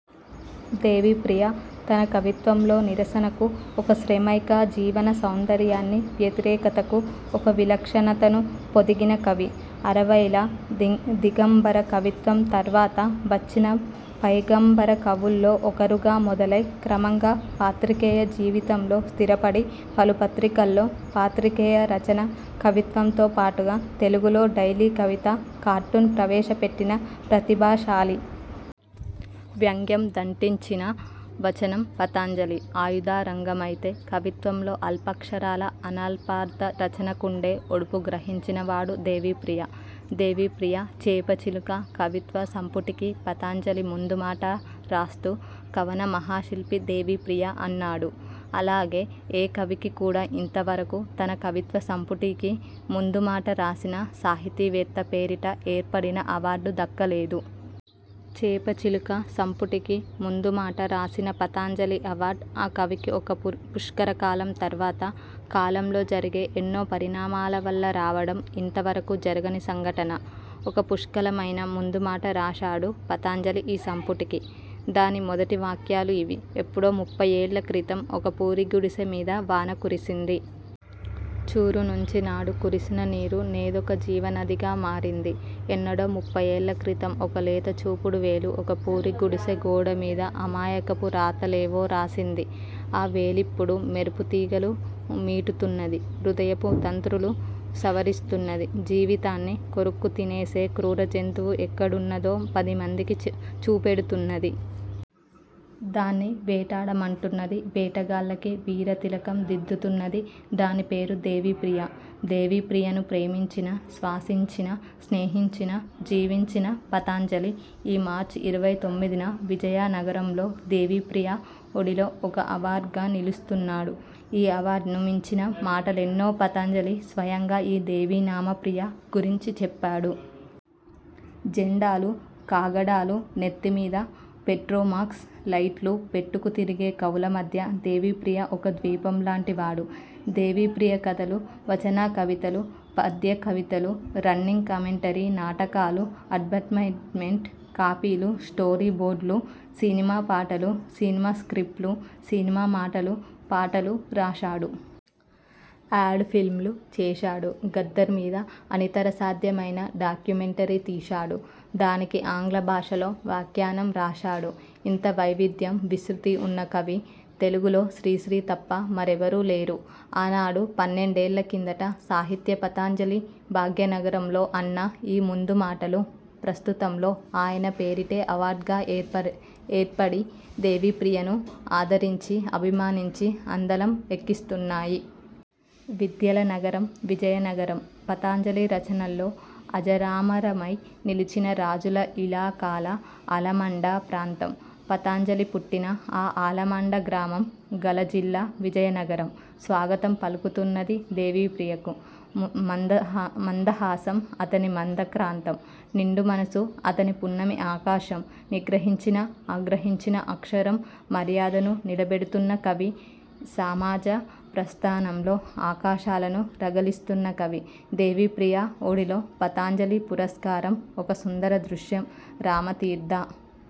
దేవిప్రియ తన కవిత్వంలో నిరసనకు ఒక శ్రమైక జీవన సౌందర్యాన్ని, వ్యతిరేకతకు ఒక విలక్షణతను పొదిగిన కవి. అరవైల ది దిగంబర కవిత్వం తర్వాత వచ్చిన పైగంబర కవుల్లో ఒకరుగా మొదలై, క్రమంగా పాత్రికేయ జీవితంలో స్థిరపడి, పలు పత్రికల్లో, పాత్రికేయ రచన, కవిత్వంతో పాటుగా, తెలుగులో డైలీ కవితా కార్టూన్ ప్రవేశపెట్టిన ప్రతిభాశాలి. వ్యంగ్యం దట్టించిన వచనం పతంజలి ఆయుధాగారం అయితే, కవిత్వంలో అల్పాక్షరాల అనల్పార్ధ రచనకుండే ఒడుపు గ్రహించిన వాడు దేవిప్రియ. దేవిప్రియ ''చేప చిలుక'' కవిత్వ సంపుటికి పతంజలి ముందు మాట రాస్తూ ''కవన మహాశిల్పి దేవిప్రియ'' అన్నాడు. అలాగే, ఏ కవికి కూడా ఇంతవరకూ, తన కవిత్వ సంపుటికి ముందు మాట రాసిన సాహితీ వేత్త పేరిట ఏర్పడిన అవార్డ్ దక్కలేదు. ''చేపచిలుక'' సంపుటికి ముందుమాట రాసిన పతంజలి అవార్డ్, ఆ కవికి ఒక పుష్కర కాలం తరువాత, కాలంలో జరిగే ఎన్నో పరిణామాల వల్ల రావడం ఇంతవరకూ జరగని సంఘటన. ఒక పుష్కలమైన ముందుమాట రాశాడు పతంజలి ఈ సంపుటికి.. దాని మొదటి వాక్యాలు ఇవి. ''ఎప్పుడో ముప్ఫయ్యేళ్ళ క్రితం ఒక పూరి గుడిసె మీద వాన కురిసింది. చూరు నుంచి నాడు కురిసిన నీరు నేదొక జీవనదిగా మారింది. ఎన్నడో ముప్ఫయ్యేళ్ళ క్రితం, ఒక లేత చూపుడు వేలు ఒక పూరి గుడిసె గోడ మీద అమాయకపు రాతలేవో రాసింది. ఆ వేలిప్పుడు మెరుపు తీగలు మీటుతున్నది, హృదయపు తంత్రులు సవరిస్తున్నది. జీవితాన్ని కొరుక్కు తినేసే క్రూర జంతువు ఎక్కడున్నదో పదిమందికీ చూపెడుతున్నది. దాన్ని వేటాడమంటున్నది. వేటగాళ్ళకి వీర తిలకం దిద్దుతున్నది. దాని పేరు దేవిప్రియ. '' దేవిప్రియను ప్రేమించిన, శ్వాసించిన, స్నేహించిన, జీవించిన పతంజలి, ఈ మార్చ్ ఇరవై తొమ్మిదిన విజయనగరంలో, దేవిప్రియ ఒడిలో ఒక అవార్డ్గా నిలుస్తున్నాడు. ఈ అవార్డ్ను మించిన మాటలు ఎన్నో పతంజలి స్వయంగా, ఈ ''దేవినామప్రియ'' గురించి చెప్పాడు. ''జెండాలు, కాగడాలు, నెత్తి మీద పెట్రోమాక్స్ లైట్లు పెట్టుకు తిరిగే కవుల మధ్య దేవిప్రియ ఒక ద్వీపం లాంటి వాడు''. ''దేవిప్రియ కథలు, వచనకవితలు, పద్య కవితలు, రన్నింగ్ కామెంటరీ, నాటకలూ, అడ్వర్టైజ్మెంట్ కాపీలు, స్టోరీ బోర్డ్లూ, సినిమా పాటలు, సినిమా స్క్రిప్ట్లు, సినిమా మాటలు, పాటలు రాశాడు. ఆడ్ ఫిల్మ్లు చేశాడు. గద్దర్ మీద అనితరసాధ్యమైన డాక్యుమెంటరీ తీశాడు. దానికి ఆంగ్ల భాషలో వ్యాఖ్యానం రాశాడు. ఇంత వైవిధ్యం విస్తృతీ ఉన్న కవి, తెలుగులో శ్రీశ్రీ తప్ప మరెవరూ లేరు. '' ఆనాడు పన్నెండేళ్ళ కిందట, సాహిత్య పతంజలి, భాగ్యనగరంలో అన్న ఈ ముందు మాటలు, ప్రస్తుతంలో ఆయన పేరిటే అవార్డ్గా ఏర్ప ఏర్పడి, దేవిప్రియను ఆదరించి, అభిమానించి, అందలం ఎక్కిస్తున్నాయి. విద్యల నగరం విజయనగరం, పతంజలి రచనల్లో అజరామరమై నిలిచిన రాజుల ఇలాకాల ఆలమండ ప్రాంతం, పతంజలి పుట్టిన ఆ ఆలమండ గ్రామం గల జిల్లా విజయనగరం, స్వాగతం పలుకుతున్నది దేవిప్రియకు. మందహాసం అతని మందాక్రాంతం. నిండు మనసు అతని పున్నమి ఆకాశం. నిగ్రహించినా, ఆగ్రహించినా అక్షరం మర్యాదను నిలబెడుతున్న కవి, సమాజ ప్రస్థానంలో ఆకాశాలను రగిలిస్తున్న కవి, దేవిప్రియ ఒడిలో, పతంజలి పురస్కారం, ఒక సుందర దృశ్యం. -రామతీర్థ